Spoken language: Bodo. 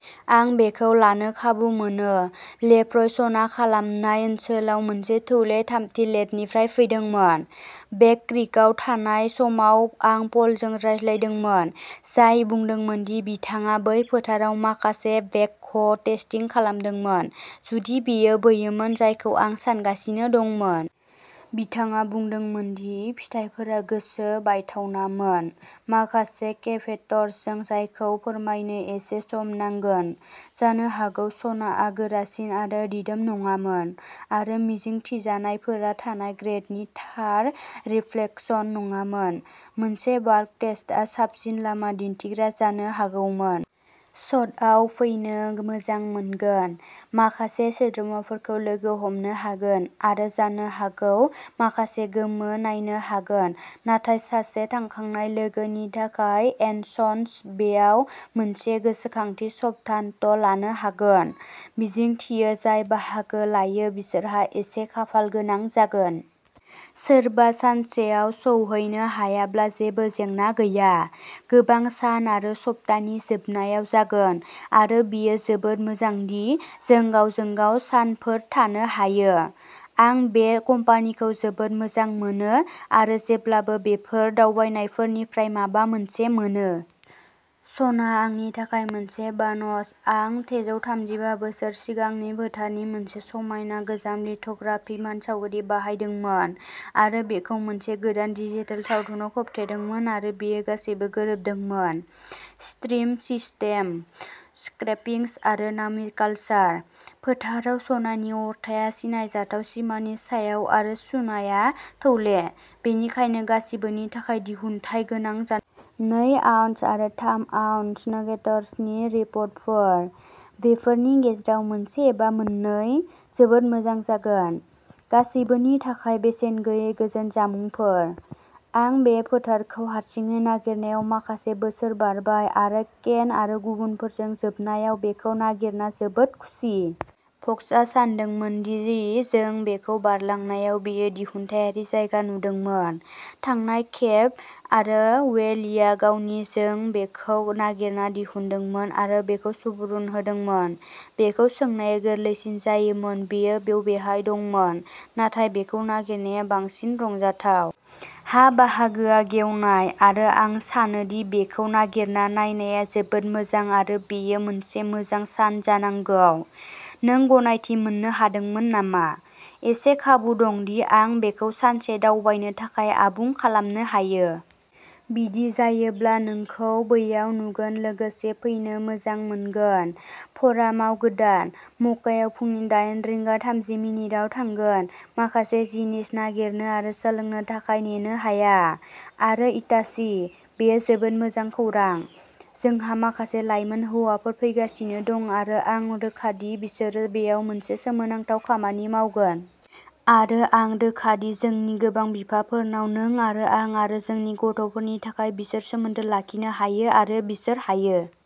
आं बेखौ लानो खाबु मोनो। लेफ्रय सना खामनाय ओनसोलाव मोनसे थौले थामथि लेडनिफ्राय फैदोंमोन। बेक क्रीकआव थानाय समाव आं पलजों रायज्लायदोंमोन, जाय बुंदोंमोन दि बिथाङा बै फोथाराव माखासे बेकह' टेस्टिं खालामदोंमोन, जुदि बेयो बैमोन जायखौ आं सानगासि दंमोन। बिथाङा बुंदोंमोन दि फिथायफोरा गोसो बायथावनामोन, माखासे केभेट्सजों जायखौ फोरमायनो एसे सम नांगोन। जानो हागौ सनाआ गोरासिन आरो दिदोम नङामोन, आरो मिजिंथिजानायफोरा थानाय ग्रेडनि थार रिफ्लेकसन नङामोन। मोनसे बाल्क टेस्टआ साबसिन लामा दिन्थिग्रा जानो हागौमोन। सतआव फैनो मोजां मोनगोन, माखासे सोद्रोमाफोरखौ लोगो हमनो हागोन आरो जानो हागौ माखासे गोमो नायनो हागोन नाथाय सासे थांखांनाय लोगोनि थाखाय एनसन्स बेआव मोनसे गोसोखांथि सप्ताहान्त लानो हागोन। मिजिंथियो जाय बाहागो लायो बिसोरहा एसे खाफालगोनां जागोन। सोरबा सानसेयाव सौहैनो हायाब्ला जेबो जेंना गैया। गोबां सान आरो सप्तानि जोबनायाव जागोन आरो बेयो जोबोद मोजां दि जों गावजों-गाव सानफोर थानो हायो। आं बे कम्पानीखौ जोबोद मोजां मोनो आरो जेब्लाबो बेफोर दावबायनायफोरनिफ्राय माबा मोनसे मोनो। सना आंनि थाखाय मोनसे बानस। आं सेजौथामजिबा बोसोर सिगांनि फोथारनि मोनसे समायना गोजाम लिथ'ग्राफिक मानसावगारि बाहायदोंमोन आरो बेखौ मोनसे गोदान डिजिटेल सावथुनाव खोबथेदोंमोन आरो बेयो गासैबो गोरोबदोंमोन। स्ट्रिम सिस्टेम, स्क्रेपिंस आरो नामिकालसार। फोथाराव सनानि अरथाइया सिनायथाव सिमानि सायाव आरो सुनाया थौले, बेनिखायनो गासिबोनि थाखाय दिहुनथाय गोनां जानांगौ। नै आउन्स आरो थाम आउन्स नगेट्सनि रिपर्टफोर। बेफोरनि गेजेराव मोनसे एबा मोननै, जोबोद मोजां जागोन। गासिबोनि थाखाय बेसेन गैयै गोजोन जामुंफोर। आं बे फोथारखौ हारसिङै नागिरनायाव माखासे बोसोर बारबाय आरो केन आरो गुबुनफोरजों जोबनायाव बेखौ नागिरना जोबोद खुसि। फक्सआ सानदोंमोन दि जों बेखौ बारलांनायाव बेयो दिहुनथायारि जायगा नुदोंमोन। थांनाय खेब। आरो वेलिआ गावनि जों बेखौ नागिरना दिहुनदोंमोन आरो बेखौ सुबुरुन होदोंमोन। बेखौ सोंनाया गोरलैसिन जायोमोन, बेयो बबेहाय दंमोन। नाथाय बेखौ नागिरनाया बांसिन रंजाथाव। हा बाहागोआ गेवनाय आरो आं सानो दि बेखौ नागिरना नायनाया जोबोद मोजां आरो बेयो मोनसे मोजां सान जानांगौ। नों गनायथि मोन्नो हादोंमोन नामा? इसे खाबु दं दि आं बेखौ सानसे दावबायनो थाखाय आबुं खालामनो हायो। बिदि जायोब्ला, नोंखौ बैयाव नुगोन लोगोसे फैनो मोजां मोनगोन, फ'रामाव गोदान। मक्कायाव फुंनि डायेन रिंगा थामजि मिनिताव थांगोन, माखासे जिनिस नागिरनो आरो सोलोंनो थाखाय नेनो हाया। आरो इटासि, बेयो जोबोद मोजां खौरां। जोंहा माखासे लाइमोन हौवाफोर फैगासिनो दं आरो आं रोखा दि बिसोरो बेयाव मोनसे सोमोनांथाव खामानि मावगोन। आरो आं रोखा दि जोंनि गोबां बिफाफोरनाव नों आरो आं आरो जोंनि गथ'फोरनि थाखाय बिसोर सोमोन्दो लाखिनो हायो आरो बिसोर हायो।